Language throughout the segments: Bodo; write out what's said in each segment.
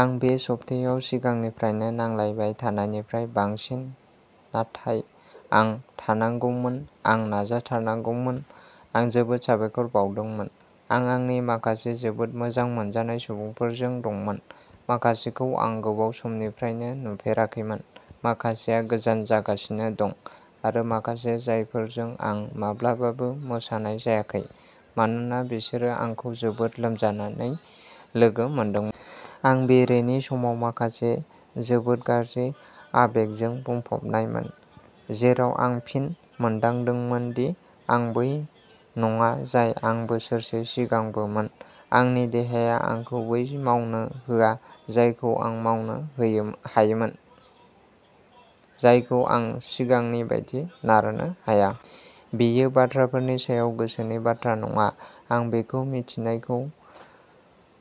आं बे सप्तायाव सिगांनिफ्रायनो नांलायबाय थानायनिफ्राय बांसिन, नाथाय आं थांनांगौमोन-आं नाजाथारनांगौमोन। आं जोबोद साबायखर बावदोंमोन। आं आंनि माखासे जोबोद मोजां मोनजानाय सुबुंफोरजों दंमोन, माखासेखौ आं गोबाव समनिफ्रायनो नुफेराखैमोन, माखासेया गोजान जागासिनो दं, आरो माखासे जायफोरजों आं माब्लाबाबो मोसानाय जायाखै, मानोना बिसोरो आंखौ जोबोद लोमजानानै लोगो मोनदोंमोन। आं बेरेनि समाव माखासे जोबोद गाज्रि आबेगजों बुंफबनायमोन। जेराव आं फिन मोनदांदोंमोन दि आं बै नङा जाय आं बोसोरसे सिगांबोमोन। आंनि देहाया आंखौ बै मावनो होआ जायखौ आं मावनो हायोमोन। जायखौ आं सिगांनि बायदि नारनो हाया। बेयो बाथ्राफोरनि सायाव गोसोनि बाथ्रा नङा। आं बेखौ मिन्थिनायखौ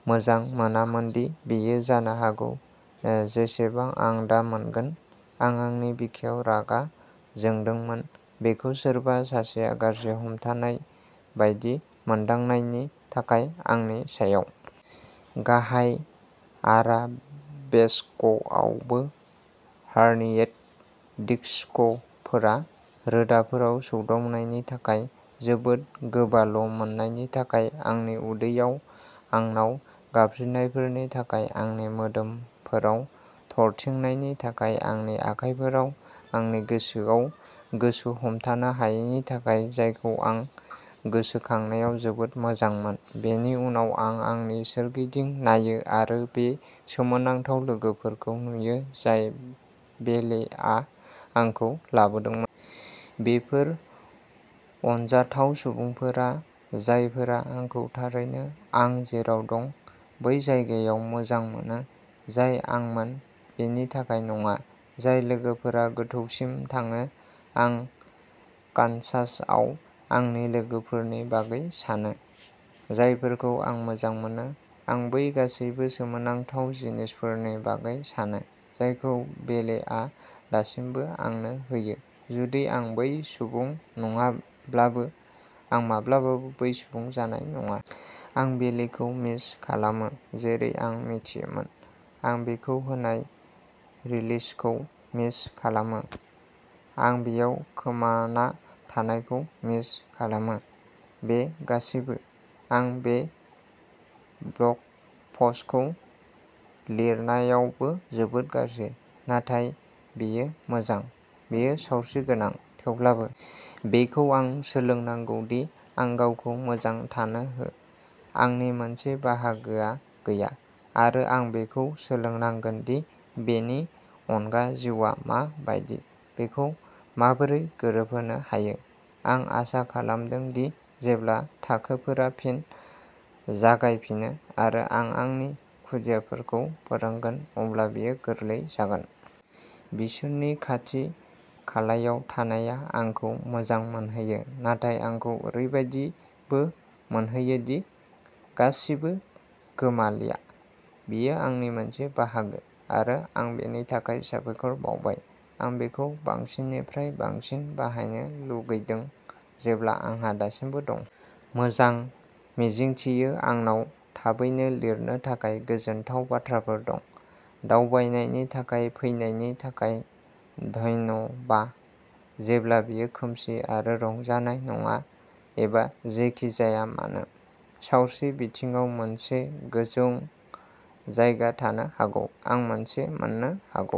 मोजां मोनामोन दि बियो जानो हागौ जेसेबां आं दा मोनगोन। आं आंनि बिखायाव रागा जोंदोंमोन, बेखौ सोरबा सासेआ गाज्रि हमथानाय बायदि मोनदांनायनि थाखाय, आंनि सायाव। गाहाय आराबेस्कआवबो हार्नियेट डिस्कफोरा रोदाफोराव सौदावनायनि थाखाय, जोबोद गोबाल'मोनानायनि थाखाय आंनि उदैयाव, आंनाव गाबज्रिनायफोरनि थाखाय आंनि मोदोमफोराव, थरथिंनायनि थाखाय आंनि आखायफोराव, आंनि गोसोआव गोसो हमथानो हायैनि थाखाय जायखौ आं गोसोखांनायाव जोबोद मोजांमोन। बेनि उनाव आं आंनि सोरगिदिं नायो आरो बे सोमोनांथाव लोगोफोरखौ नुयो, जाय बेलेआ आंखौ लाबोदोंमोन। बेफोर अनजाथाव सुबुंफोरा, जायफोरा आंखौ थारैनो आं जेराव दं, बै जायगायाव मोजां मोनो, जाय आंमोन बिनि थाखाय नङा। जाय लोगोफोरा गोथौसिम थाङो। आं कानसासआव आंनि लोगोफोरनि बागै सानो, जायफोरखौ आं मोजां मोनो। आं बै गासैबो सोमोनांथाव जिनिसफोरनि बागै सानो, जायखौ बेलेआ दासिमबो आंनो होयो, जुदि आं बै सुबुं नङाब्लाबो, आं माब्लाबाबो बै सुबुं जानाय नङा। आं बेलेखौ मिस खालामो, जेरै आं मिथियोमोन। आं बेखौ होनाय रिलिजखौ मिस खालामो, आं बेयाव खोमाना थानायखौ मिस खालामो। बे गासैबो। आं बे ब्ल'ग पस्टखौ लिरनायावबो जोबोद गाज्रि। नाथाय बेयो मोजां। बेयो सावस्रि गोनां, थेवब्लाबो। बेखौ आं सोलोंनांगौ दि आं गावखौ मोजां थानो हो। आंनि मोनसे बाहागोआ गैया, आरो आं बेखौ सोलोंनांगोन दि बेनि अनगा जिउआ मा बायदि, बेखौ माबोरै गोरोबहोनो हायो। आं आसा खालामदों दि जेब्ला थाखोफोरा फिन जागायफिनो आरो आं आंनि खुदियाफोरखौ फोरोंगोन, अब्ला बेयो गोरलै जागोन। बिसोरनि खाथि-खालायाव थानाया आंखौ मोजां मोनहोयो, नाथाय आंखौ ओरैबायदिबो मोनहोयो दि गासिबो गोमालिया। बेयो आंनि मोनसे बाहागो, आरो आं बेनि थाखाय साबायखर बावबाय। आं बेखौ बांसिननिफ्राय बांसिन बाहायनो लुगैदों, जेब्ला आंहा दासिमबो दं। मोजां, मिजिंथियो आंनाव थाबैनो लिरनो थाखाय गोजोनथाव बाथ्राफोर दं। दावबायनायनि थाखाय फैनायनि थाखाय धन्यबा, जेब्ला बेयो खोमसि आरो रंजानाय नङा एबा जेखि जाया मानो। सावस्रि बिथिङाव मोनसे गोजों जायगा थानो हागौ। आं मोनसे मोननो हागौ।